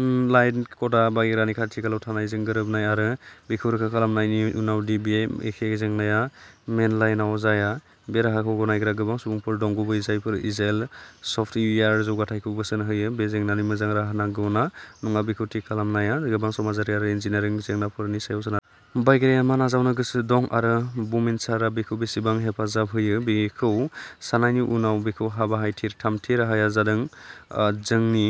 Mainline क'डआ बायग्रानि आथिखालाव थानायजों गोरोबनाय आरो बेखौ रोखा खालामनायनि उनावबो दि बे एखे जेंनाया मेनलाइनआव जाया। बे राहाखौ गनायग्रा गोबां सुबुंफोर दं। गुबैयै जायफोरा एजाइल सफ्टवेयार जौगाथायखौ बोसोन होयो। बे जेंनानि मोजां राहा नंगौना नङा बेखौ थि खालामनाया गोबां समाजारि आरो इन्जिनियारिं जेंनाफोरनि सायाव सोनारो। बायग्राया मा नाजावनो गोसो दं आरो बुमिनसारआ बेखौ बेसेबां हेफाजाब होयो बेखौ साननायनि उनावनो बेखौ बाहायथार। थामथि राहाया जादों ,ओ जोंनि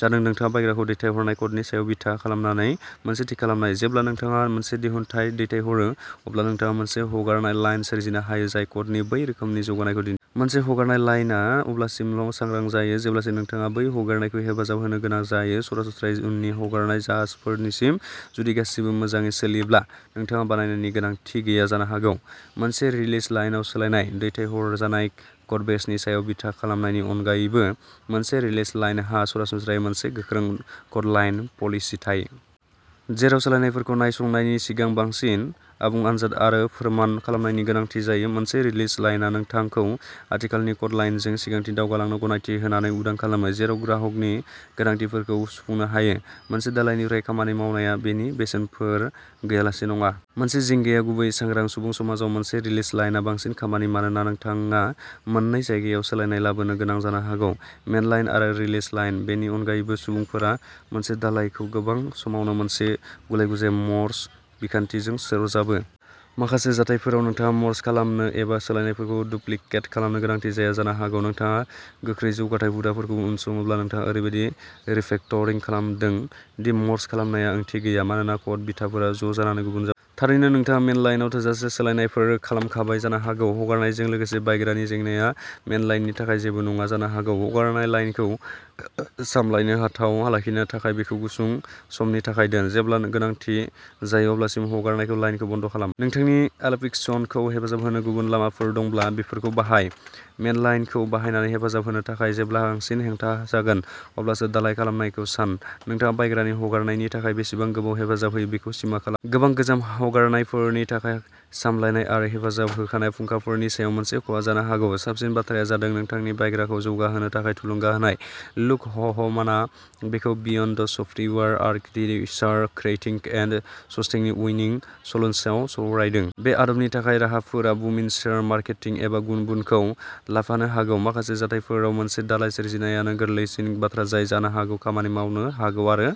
जादों नोंथाङा बायग्रानो दैथायहरनाय क'डनि सायाव बिथा खालामनानै मोनसे थि खालामनाय। जेब्ला नोंथाङा मोनसे दिहुनथाय दैथायहरो अब्ला नोंथाङा मोनसे हगारनाय लाइन सोरजिनो हायो जाय क'डनि बै रोखोमनि जौगानायखौ दिन। मोनसे हगारनाय लाइनआ अब्लासिमल'सांग्रां थायो जेब्लासिम नोंथाङा बै हगारनायखौ हेफाजाब होनो गोनां जायो। सरासनस्रायै उननि हगारनाय जाहाजफोरसिम। जुदि गासिबो मोजाङै सोलियोब्ला नोंथाङा बानायनायनि गोनांथि गैया जानो हागौ। मोनसे रिलिज लाइनआव सोलायनाय। दैथायहरजानाय कडबेसनि सायाव बिथा खालामनायनि अनगायैबो मोनसे रिलिज लाइनहा सरासनस्रायै मोनसे गोख्रों क'डलाइन पलिसि थायो। जेराव सोलायनायफोरखौ नायसंनायनि सिगां बांसिन आबुं आनजाद आरो फोरमान खालामनायनि गोनांथि जायो। मोनसे रिलिज लाइनआ नोंथांखौ आथिखालनि क'डलाइनजों सिगांथिं दावगालांनो गनायथि होनानै उदां खालामो। जेराव ग्राहकनि गोनांथिफोरखौ सुफुंनो हायो। मोनसे दालायनिफ्राय खामानि मावनाया बेनि बेसेनफोर गैयालासे नङा। मोनसे जिंगाया गुबैयै सांग्रां सुबुं समाजाव मोनसे रिलिज लाइनआ बांसिन खामानि मानोना नोंथाङा मोननै जायगायाव सोलायनाय लाबोनो गोनां जानो हागौ। मेनलाइन आरो रिलिज लाइन। बेनि अनगायैबो, सुबुंफोरा मोनसे दालायखौ गोबां समावनो मोनसे गुलाय-गुजाय मर्ज बिखान्थिजों सरजाबो। माखासे जाथायफोराव नोंथाङा मर्ज खालामनो एबा सोलायनायफोरखौ डुप्लिकेट खालामनो गोनांथि जाया जानो हागौ। नोंथाङा गोख्रै जौगाथाय हुदाफोरखौ उनसङोब्ला नोंथाङा ओरैबादि रिफेक्टरिं खालामदों दि मर्ज खालामनाया ओंथि गैया। मानोना क'ड बिथाफोरा ज'जानानै गुबुन जाबाय। थारैनो नोंथाङा मेनलाइनआव थोजासे सोलायनायफोर खालामखाबाय जानो हागौ। हगारनायजों लोगोसे बायग्रानि जेंनाया मेनलाइननि थाखाय जेबो नङा जानो हागौ। हगारनाय लाइनखौ सामलायनो हाथाव लाखिनो थाखाय बेखौ गुसुं समनि थाखाय दोन। जेब्ला गोनांथि जायो अब्लासो हगारनाय लाइनखौ बन्द खालाम। नोंथांनि एप्लिकेसनखौ हेफाजाब होनो गुबुन लामाफोर दंब्ला बेफोरखौ बाहाय। मेनलाइनखौ बाहायनानै हेफाजाब होनो थाखाय जेब्ला बांसिन हेंथा जागोन अब्लासो दालाइ खालामनायखौ सान। नोंथाङा बायग्रानि हगारनायनि थाखाय बेसेबां गोबाव हेफाजाब होयो बेखौ सिमा खालाम। गोबां गोजाम हगारनायफोरनि थाखाय सामलायनाय आरो हेफाजाब होनाया फुंखाफोरनि सायाव मोनसे खहा जानो हागौ। साबसिन बाथ्राया जादों नोंथांनि बायग्राखौ जौगा होनो थाखाय थुलुंगा होनाय। लुक ह'हमानआ बेखौ beyond software architecture creating and sustaining winning सलुशनसआव सावरायदों। बे आदबनि थाखाय राहाफोरा बुमिनसार मारकेटिं एबा गुनखौ लाफानो हागौ। माखासे जाथायफोराव मोनसे दालाय सोरजिनायानो गोरलैसिन बाथ्रा जाय जानो हागौ खामानि मावनो हागौ आरो